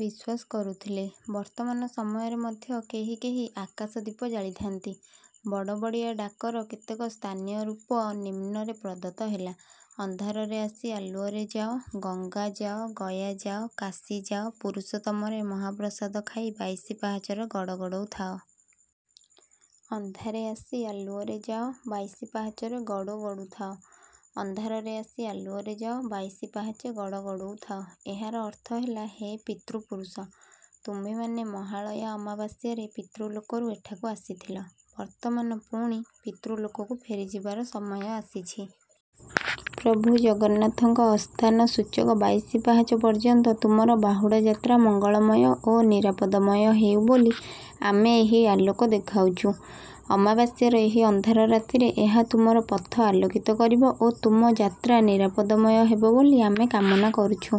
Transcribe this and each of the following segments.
ବିଶ୍ୱାସ କରୁଥିଲେ। ବର୍ତ୍ତମାନ ସମୟରେ ମଧ୍ୟ କେହି କେହି ଆକାଶଦୀପ ଜାଳିଥାନ୍ତି। ବଡ଼ବଡ଼ିଆ ଡାକର କେତେକ ସ୍ଥାନୀୟ ରୂପ ନିମ୍ନରେ ପ୍ରଦତ୍ତ ହେଲା। ଅନ୍ଧାରରେ ଆସି ଆଲୁଅରେ ଯାଅ। ଗଙ୍ଗା ଯାଅ ଗୟା ଯାଅ କାଶୀ ଯାଅ ପୁରୁଷୋତ୍ତମରେ ମହାପ୍ରସାଦ ଖାଇ ବାଇଶି ପାହାଚରେ ଗଡ଼ଗଡ଼ଉ ଥାଅ।। ଅନ୍ଧାରେ ଆସି ଆଲୁଅରେ ଯାଅ। ବାଇଶି ପାହାଚରେ ଗଡ଼ଗଡ଼ୁ ଥାଅ।। ଅନ୍ଧାରରେ ଆସ ଆଲୁଅରେ ଯାଅ। ବାଇଶି ପହାଚେ ଗଡ଼ଗଡ଼ଉ ଥାଅ।। ଏହାର ଅର୍ଥ ହେଲା ହେ ପିତୃପୁରୁଷ। ତୁମ୍ଭେମାନେ ମହାଳୟା ଅମାବାସ୍ୟାରେ ପିତୃଲୋକରୁ ଏଠାକୁ ଆସିଥିଲ। ବର୍ତ୍ତମାନ ପୁଣି ପିତୃଲୋକକୁ ଫେରିଯିବାର ସମୟ ଆସିଛି। ପ୍ରଭୁ ଜଗନ୍ନାଥଙ୍କ ଆସ୍ଥାନ ସୂଚକ ବାଇଶି ପାହାଚ ପର୍ଯ୍ୟନ୍ତ ତୁମର ବାହୁଡ଼ା ଯାତ୍ରା ମଙ୍ଗଳମୟ ଓ ନିରାପଦମୟ ହେଉ ବୋଲି ଆମେ ଏହି ଆଲୋକ ଦେଖାଉଛୁ। ଅମାବାସ୍ୟାର ଏହି ଅନ୍ଧାର ରାତିରେ ଏହା ତୁମର ପଥ ଆଲୋକିତ କରିବ ଓ ତୁମ ଯାତ୍ରା ନିରାପଦମୟ ହେବ ବୋଲି ଆମେ କାମନା କରୁଛୁ।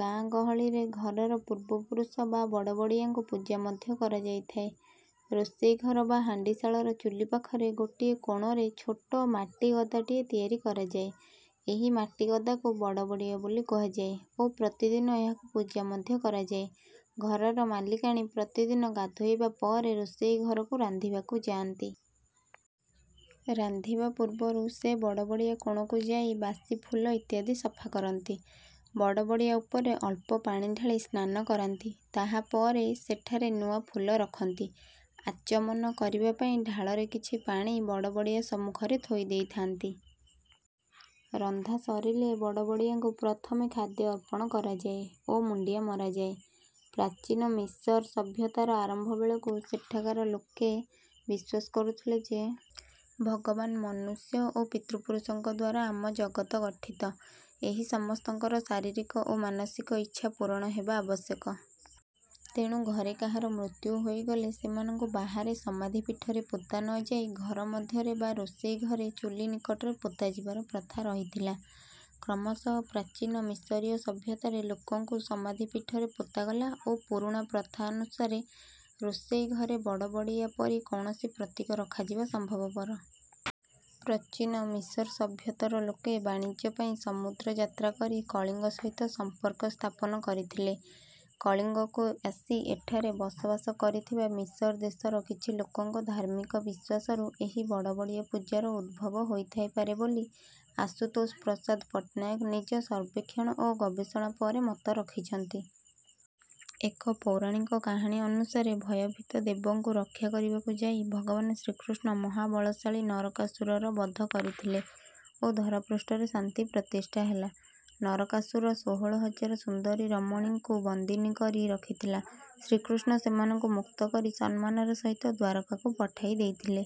ଗାଁ ଗହଳିରେ ଘରର ପୂର୍ବପୁରୁଷ ବା ବଡ଼ବଡ଼ିଆଙ୍କୁ ପୂଜା ମଧ୍ୟ କରାଯାଇଥାଏ। ରୋଷେଇ ଘର ବା ହାଣ୍ଡିଶାଳର ଚୁଲି ପାଖର ଗୋଟିଏ କୋଣରେ ଛୋଟ ମାଟିଗଦାଟିଏ ତିଆରି କରାଯାଏ। ଏହି ମାଟିଗଦାକୁ ବଡ଼ବଡ଼ିଆ ବୋଲି କୁହାଯାଏ ଓ ପ୍ରତିଦିନ ଏହାକୁ ପୂଜା ମଧ୍ୟ କରାଯାଏ। ଘରର ମାଲିକାଣୀ ପ୍ରତିଦିନ ଗାଧୋଇବା ପରେ ରୋଷେଇ ଘରକୁ ରାନ୍ଧିବାକୁ ଯାଆନ୍ତି। ରାନ୍ଧିବା ପୂର୍ବରୁ ସେ ବଡ଼ବଡ଼ିଆ କୋଣକୁ ଯାଇ ବାସି ଫୁଲ ଇତ୍ୟାଦି ସଫା କରନ୍ତି। ବଡ଼ବଡ଼ିଆ ଉପରେ ଅଳ୍ପ ପାଣି ଢାଳି ସ୍ନାନ କରାନ୍ତି। ତାହା ପରେ ସେଠାରେ ନୂଆ ଫୁଲ ରଖନ୍ତି। ଆଚମନ କରିବା ପାଇଁ ଢାଳରେ କିଛି ପାଣି ବଡ଼ବଡ଼ିଆ ସମ୍ମୁଖରେ ଥୋଇଦେଇଥାନ୍ତି। ରନ୍ଧା ସରିଲେ ବଡ଼ବଡ଼ିଆଙ୍କୁ ପ୍ରଥମେ ଖାଦ୍ୟ ଅର୍ପଣ କରାଯାଏ ଓ ମୁଣ୍ଡିଆ ମରାଯାଏ। ପ୍ରାଚୀନ ମିଶର୍ ସଭ୍ୟତାର ଆରମ୍ଭ ବେଳକୁ ସେଠାକାର ଲୋକେ ବିଶ୍ୱାସ କରୁଥିଲେ ଯେ ଭଗବାନ ମନୁଷ୍ୟ ଓ ପିତୃପୁରୁଷଙ୍କଦ୍ୱାରା ଆମ ଜଗତ ଗଠିତ। ଏହି ସମସ୍ତଙ୍କର ଶାରୀରିକ ଓ ମାନସିକ ଇଚ୍ଛା ପୂରଣ ହେବା ଆବଶ୍ୟକ। ତେଣୁ ଘରେ କାହାର ମୃତ୍ୟୁ ହୋଇଗଲେ ସେମାନଙ୍କୁ ବାହାରେ ସମାଧିପୀଠରେ ପୋତା ନ ଯାଇ ଘର ମଧ୍ୟରେ ବା ରୋଷେଇ ଘରେ ଚୁଲି ନିକଟରେ ପୋତାଯିବାର ପ୍ରଥା ରହିଥଲା। କ୍ରମଶଃ ପ୍ରାଚୀନ ମିଶରୀୟ ସଭ୍ୟତାରେ ଲୋକଙ୍କୁ ସମାଧିପୀଠରେ ପୋତାଗଲା ଓ ପୁରୁଣା ପ୍ରଥାନୁସାରେ ରୋଷେଇ ଘରେ ବଡ଼ବଡ଼ିଆ ପରି କୌଣସି ପ୍ରତୀକ ରଖାଯିବା ସମ୍ଭବପର। ପ୍ରଚୀନ ମିଶର୍ ସଭ୍ୟତର ଲୋକେ ବାଣିଜ୍ୟ ପାଇଁ ସମୁଦ୍ର ଯାତ୍ରା କରି କଳିଙ୍ଗ ସହିତ ସମ୍ପର୍କ ସ୍ଥାପନ କରିଥିଲେ। କଳିଙ୍ଗକୁ ଆସି ଏଠାରେ ବସବାସ କରିଥିବା ମିଶର୍ ଦେଶର କିଛି ଲୋକଙ୍କ ଧାର୍ମିକ ବିଶ୍ୱାସରୁ ଏହି ବଡ଼ବଡ଼ିଆ ପୂଜାର ଉଦ୍ଭବ ହୋଇଥାଇପାରେ ବୋଲି ଆଶୁତୋଷ ପ୍ରସାଦ ପଟ୍ଟନାୟକ ନିଜ ସର୍ବେକ୍ଷଣ ଓ ଗବେଷଣା ପରେ ମତ ରଖିଛନ୍ତି। ଏକ ପୌରାଣିକ କାହାଣୀ ଅନୁସାରେ ଭୟଭୀତ ଦେବଙ୍କୁ ରକ୍ଷା କରିବାକୁ ଯାଇ ଭଗବାନ ଶ୍ରୀକୃଷ୍ଣ ମହାବଳଶାଳୀ ନରକାସୁରର ବଧ କରିଥିଲେ ଓ ଧରାପୃଷ୍ଠରେ ଶାନ୍ତି ପ୍ରତିଷ୍ଠା ହେଲା। ନରକାସୁର ଷୋହଳ ହଜାର ସୁନ୍ଦରୀ ରମଣୀଙ୍କୁ ବନ୍ଦିନୀ କରି ରଖିଥିଲା। ଶ୍ରୀକୃଷ୍ଣ ସେମାନଙ୍କୁ ମୁକ୍ତ କରି ସମ୍ମାନର ସହିତ ଦ୍ୱାରକାକୁ ପଠାଇ ଦେଇଥିଲେ।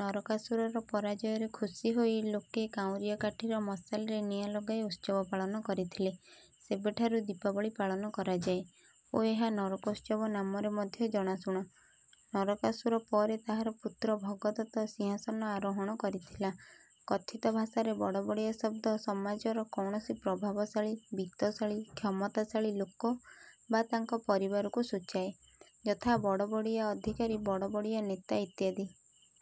ନରକାସୁରର ପରାଜୟରେ ଖୁସି ହୋଇ ଲୋକେ କାଉଁରିଆ କାଠିର ମଶାଲରେ ନିଆଁ ଲଗାଇ ଉତ୍ସବ ପାଳନ କରିଥିଲେ। ସେବେଠାରୁ ଦୀପାବଳୀ ପାଳନ କରାଯାଏ ଓ ଏହା ନରକୋତ୍ସବ ନାମରେ ମଧ୍ୟ ଜଣାଶୁଣା। ନରକାସୁର ପରେ ତାହାର ପୁତ୍ର ଭଗଦତ୍ତ ସିଂହାସନ ଆରୋହଣ କରିଥିଲା। କଥିତ ଭାଷାରେ ବଡ଼ବଡ଼ିଆ ଶବ୍ଦ ସମାଜର କୌଣସି ପ୍ରଭାବଶାଳୀ ବିତ୍ତଶାଳୀ କ୍ଷମତାଶାଳୀ ଲୋକ ବା ତାଙ୍କ ପରିବାରକୁ ସୂଚାଏ। ଯଥା ବଡ଼ବଡ଼ିଆ ଅଧିକାରୀ ବଡ଼ବଡ଼ିଆ ନେତା ଇତ୍ୟାଦି।